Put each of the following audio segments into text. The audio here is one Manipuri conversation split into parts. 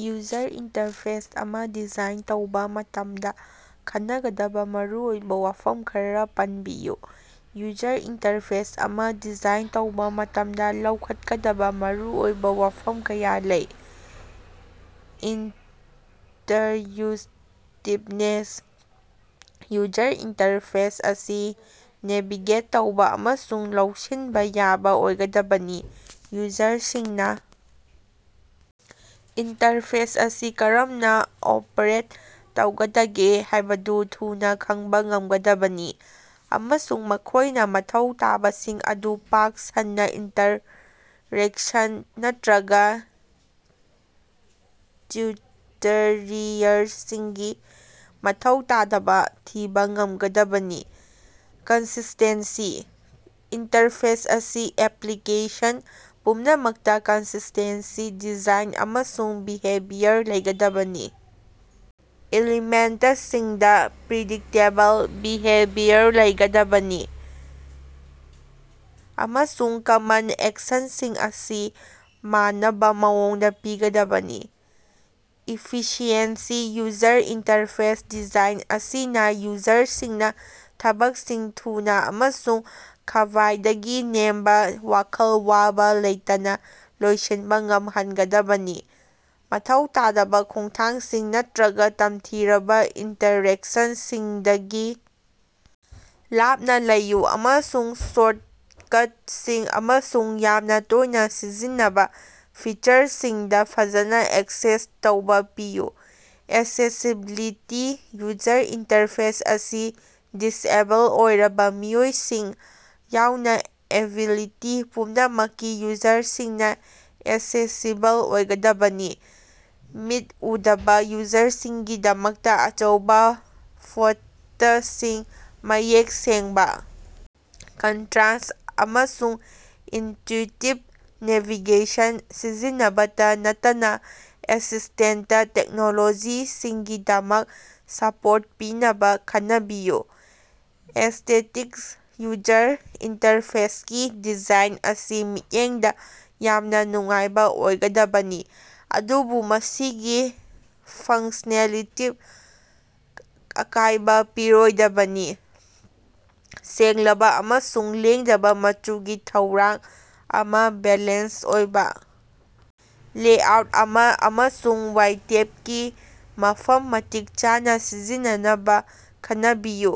ꯌꯨꯖꯔ ꯏꯟꯇꯔꯐꯦꯁ ꯑꯃ ꯗꯤꯖꯥꯏꯟ ꯇꯧꯕ ꯃꯇꯝꯗ ꯈꯟꯅꯒꯗꯕ ꯃꯔꯨꯑꯣꯏꯕ ꯋꯥꯐꯝ ꯈꯔ ꯄꯟꯕꯤꯌꯨ꯫ ꯌꯨꯖꯔ ꯏꯟꯇꯔꯐꯦꯁ ꯑꯃ ꯗꯤꯖꯥꯏꯟ ꯇꯧꯕ ꯃꯇꯝꯗ, ꯂꯧꯈꯠꯀꯗꯕ ꯃꯔꯨꯑꯣꯏꯕ ꯋꯥꯐꯝ ꯀꯌꯥ ꯂꯩ: ꯏꯟꯇ꯭ꯌꯨꯏꯇꯤꯚꯅꯦꯁ: ꯌꯨꯖꯔ ꯏꯟꯇꯔꯐꯦꯁ ꯑꯁꯤ ꯅꯦꯚꯤꯒꯦꯠ ꯇꯧꯕ ꯑꯃꯁꯨꯡ ꯂꯧꯁꯤꯟꯕ ꯌꯥꯕ ꯑꯣꯏꯒꯗꯕꯅꯤ꯫ ꯌꯨꯖꯔꯁꯤꯡꯅ ꯏꯟꯇꯔꯐꯦꯁ ꯑꯁꯤ ꯀꯔꯝꯅ ꯑꯣꯄꯔꯦꯠ ꯇꯧꯒꯗꯒꯦ ꯍꯥꯏꯕꯗꯨ ꯊꯨꯅ ꯈꯪꯕ ꯉꯝꯒꯗꯕꯅꯤ ꯑꯃꯁꯨꯡ ꯃꯈꯣꯏꯅ ꯃꯊꯧ ꯇꯥꯕꯁꯤꯡ ꯑꯗꯨ ꯄꯥꯛ ꯁꯟꯅ ꯏꯟꯁ꯭ꯇꯔꯛꯁꯟ ꯅꯠꯇ꯭ꯔꯒ ꯇ꯭ꯌꯨꯇꯔꯤꯌꯔꯁꯤꯡꯒꯤ ꯃꯊꯧ ꯇꯥꯗꯅ ꯊꯤꯕ ꯉꯝꯒꯗꯕꯅꯤ꯫ ꯀꯟꯁꯤꯁ꯭ꯇꯦꯟꯁꯤ: ꯏꯟꯇꯔꯐꯦꯁ ꯑꯁꯤ ꯑꯦꯄ꯭ꯂꯤꯀꯦꯁꯟ ꯄꯨꯝꯅꯃꯛꯇ ꯀꯟꯁꯤꯁ꯭ꯇꯦꯟꯁꯤ ꯗꯤꯖꯥꯏꯟ ꯑꯃꯁꯨꯡ ꯕꯤꯍꯦꯕꯤꯌꯔ ꯂꯩꯒꯗꯕꯅꯤ꯫ ꯏꯂꯤꯃꯦꯟꯇꯁꯤꯡꯗ ꯄ꯭ꯔꯤꯗꯤꯛꯇꯦꯕꯜ ꯕꯤꯍꯦꯕꯤꯌꯔ ꯂꯩꯒꯗꯕꯅꯤ, ꯑꯃꯁꯨꯡ ꯀꯃꯟ ꯑꯦꯛꯁꯟꯁꯤꯡ ꯑꯁꯤ ꯃꯥꯟꯅꯕ ꯃꯑꯣꯡꯗ ꯄꯤꯒꯗꯕꯅꯤ꯫ ꯏꯐꯤꯁꯤꯑꯦꯟꯁꯤ: ꯌꯨꯖꯔ ꯏꯟꯇꯔꯐꯦꯁ ꯗꯤꯖꯥꯏꯟ ꯑꯁꯤꯅ ꯌꯨꯖꯔꯁꯤꯡꯅ ꯊꯕꯛꯁꯤꯡ ꯊꯨꯅ ꯑꯃꯁꯨꯡ ꯈ꯭ꯕꯥꯏꯗꯒꯤ ꯅꯦꯝꯕ ꯋꯥꯈꯜ ꯋꯥꯕ ꯂꯩꯇꯅ ꯂꯣꯏꯁꯤꯟꯕ ꯉꯝꯍꯟꯒꯗꯕꯅꯤ꯫ ꯃꯊꯧ ꯇꯥꯗꯕ ꯈꯣꯡꯊꯥꯡꯁꯤꯡ ꯅꯠꯇ꯭ꯔꯒ ꯇꯝꯊꯤꯔꯕ ꯏꯟꯇꯔꯦꯛꯁꯟꯁꯤꯡꯗꯒꯤ ꯂꯥꯞꯅ ꯂꯩꯌꯨ, ꯑꯃꯁꯨꯡ ꯁꯣꯔꯇꯀꯠꯁꯤꯡ ꯑꯃꯁꯨꯡ ꯌꯥꯝꯅ ꯇꯣꯏꯅ ꯁꯤꯖꯤꯟꯅꯕ ꯐꯤꯆꯔꯁꯤꯡꯗ ꯐꯖꯅ ꯑꯦꯛꯁꯦꯁ ꯇꯧꯕ ꯄꯤꯌꯨ꯫ ꯑꯦꯛꯁꯦꯁꯤꯕꯤꯂꯤꯇꯤ: ꯌꯨꯖꯔ ꯏꯟꯇꯔꯐꯦꯁ ꯑꯁꯤ ꯗꯤꯁꯑꯦꯕꯜ ꯑꯣꯏꯔꯕ ꯃꯤꯑꯣꯏꯁꯤꯡ ꯌꯥꯎꯅ ꯑꯦꯕꯤꯂꯤꯇꯤ ꯄꯨꯝꯅꯃꯛꯀꯤ ꯌꯨꯖꯔꯁꯤꯡꯅ ꯑꯦꯛꯁꯦꯁꯤꯕꯜ ꯑꯣꯏꯒꯗꯕꯅꯤ꯫ ꯃꯤꯠ ꯎꯗꯕ ꯌꯨꯖꯔꯁꯤꯡꯒꯤꯗꯃꯛꯇ ꯑꯆꯧꯕ ꯐꯣꯟꯇꯁꯤꯡ, ꯃꯌꯦꯛ ꯁꯦꯡꯕ ꯀꯟꯇ꯭ꯔꯥꯁ ꯑꯃꯁꯨꯡ ꯏꯟꯇ꯭ꯌꯨꯏꯇꯤꯕ ꯅꯦꯚꯤꯒꯦꯁꯟ ꯁꯤꯖꯤꯟꯅꯕꯇ ꯅꯠꯇꯅ ꯑꯦꯁꯤꯁ꯭ꯇꯦꯟꯇ ꯇꯦꯛꯅꯣꯂꯣꯖꯤꯁꯤꯡꯒꯤꯗꯃꯛ ꯁꯄꯣꯔꯠ ꯄꯤꯅꯕ ꯈꯟꯅꯕꯤꯌꯨ꯫ ꯑꯦꯁ꯭ꯇꯦꯇꯤꯛꯁ: ꯌꯨꯖꯔ ꯏꯟꯇꯔꯐꯦꯁꯀꯤ ꯗꯤꯖꯥꯏꯟ ꯑꯁꯤ ꯃꯤꯠꯌꯦꯡꯗ ꯌꯥꯝꯅ ꯅꯨꯡꯉꯥꯏꯕ ꯑꯣꯏꯒꯗꯕꯅꯤ, ꯑꯗꯨꯕꯨ ꯃꯁꯤꯒꯤ ꯐꯪꯁꯅꯦꯂꯤꯇꯤꯗ ꯑꯀꯥꯏꯕ ꯄꯤꯔꯣꯏꯗꯕꯅꯤ꯫ ꯁꯦꯡꯂꯕ ꯑꯃꯁꯨꯡ ꯂꯦꯡꯗꯕ ꯃꯆꯨꯒꯤ ꯊꯧꯔꯥꯡ ꯑꯃ, ꯕꯦꯂꯦꯟꯁ ꯑꯣꯏꯕ ꯂꯦꯑꯥꯎꯠ ꯑꯃ ꯑꯃꯁꯨꯡ ꯋꯥꯏꯇꯦꯞꯀꯤ ꯃꯐꯝ ꯃꯇꯤꯛ ꯆꯥꯅ ꯁꯤꯖꯤꯟꯅꯅꯕ ꯈꯟꯅꯕꯤꯌꯨ꯫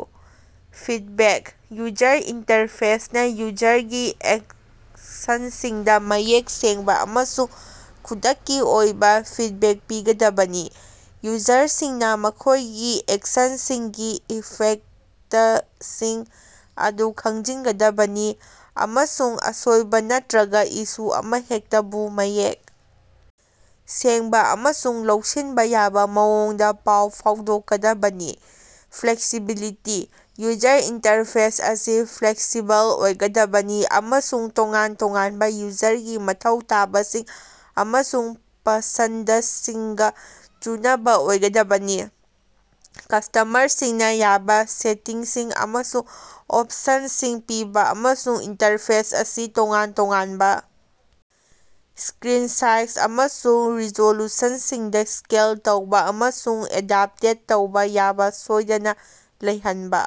ꯐꯤꯗꯕꯦꯛ: ꯌꯨꯖꯔ ꯏꯟꯇꯔꯐꯦꯁꯅ ꯌꯨꯖꯔꯒꯤ ꯑꯦꯛꯁꯟꯁꯤꯡꯗ ꯃꯌꯦꯛ ꯁꯦꯡꯕ ꯑꯃꯁꯨꯡ ꯈꯨꯗꯛꯀꯤ ꯑꯣꯏꯕ ꯐꯤꯗꯕꯦꯛ ꯄꯤꯒꯗꯕꯅꯤ꯫ ꯌꯨꯖꯔꯁꯤꯡꯅ ꯃꯈꯣꯏꯒꯤ ꯑꯦꯛꯁꯟꯁꯤꯡꯒꯤ ꯏꯐꯦꯛꯇꯁꯤꯡ ꯑꯗꯨ ꯈꯪꯖꯤꯟꯒꯗꯕꯅꯤ, ꯑꯃꯁꯨꯡ ꯑꯁꯣꯏꯕ ꯅꯠꯇ꯭ꯔꯒ ꯏꯁꯨ ꯑꯃꯍꯦꯛꯇꯕꯨ ꯃꯌꯦꯛ ꯁꯦꯡꯕ ꯑꯃꯁꯨꯡ ꯂꯧꯁꯤꯟꯕ ꯌꯥꯕ ꯃꯑꯣꯡꯗ ꯄꯥꯎ ꯐꯥꯎꯗꯣꯛꯀꯗꯕꯅꯤ꯫ ꯐ꯭ꯂꯦꯛꯁꯤꯕꯤꯂꯤꯇꯤ: ꯌꯨꯖꯔ ꯏꯟꯇꯔꯐꯦꯁ ꯑꯁꯤ ꯐ꯭ꯂꯦꯛꯁꯤꯕꯜ ꯑꯣꯏꯒꯗꯕꯅꯤ ꯑꯃꯁꯨꯡ ꯇꯣꯉꯥꯟ ꯇꯣꯉꯥꯟꯕ ꯌꯨꯖꯔꯒꯤ ꯃꯊꯧ ꯇꯥꯕꯁꯤꯡ ꯑꯃꯁꯨꯡ ꯄꯁꯟꯗꯁꯤꯡꯒꯥ ꯆꯨꯅꯕꯥ ꯑꯣꯏꯒꯗꯕꯅꯤ꯫ ꯀꯁ꯭ꯇꯃꯔꯁꯤꯡꯅ ꯌꯥꯕ ꯁꯦꯇꯤꯡꯁꯤꯡ ꯑꯃꯁꯨꯡ ꯑꯣꯞꯁꯟꯁꯤꯡ ꯄꯤꯕ ꯑꯃꯁꯨꯡ ꯏꯟꯇꯔꯐꯦꯁ ꯑꯁꯤ ꯇꯣꯉꯥꯟ-ꯇꯣꯉꯥꯟꯕ ꯁ꯭ꯀꯔꯤꯟ ꯁꯥꯏꯖ ꯑꯃꯁꯨꯡ ꯔꯤꯖꯣꯂꯨꯁꯟꯁꯤꯡꯗ ꯁ꯭ꯀꯦꯜ ꯇꯧꯕ ꯑꯃꯁꯨꯡ ꯑꯦꯗꯞꯇꯦꯠ ꯇꯧꯕ ꯌꯥꯕ ꯁꯣꯏꯗꯅ ꯂꯩꯍꯟꯕ꯫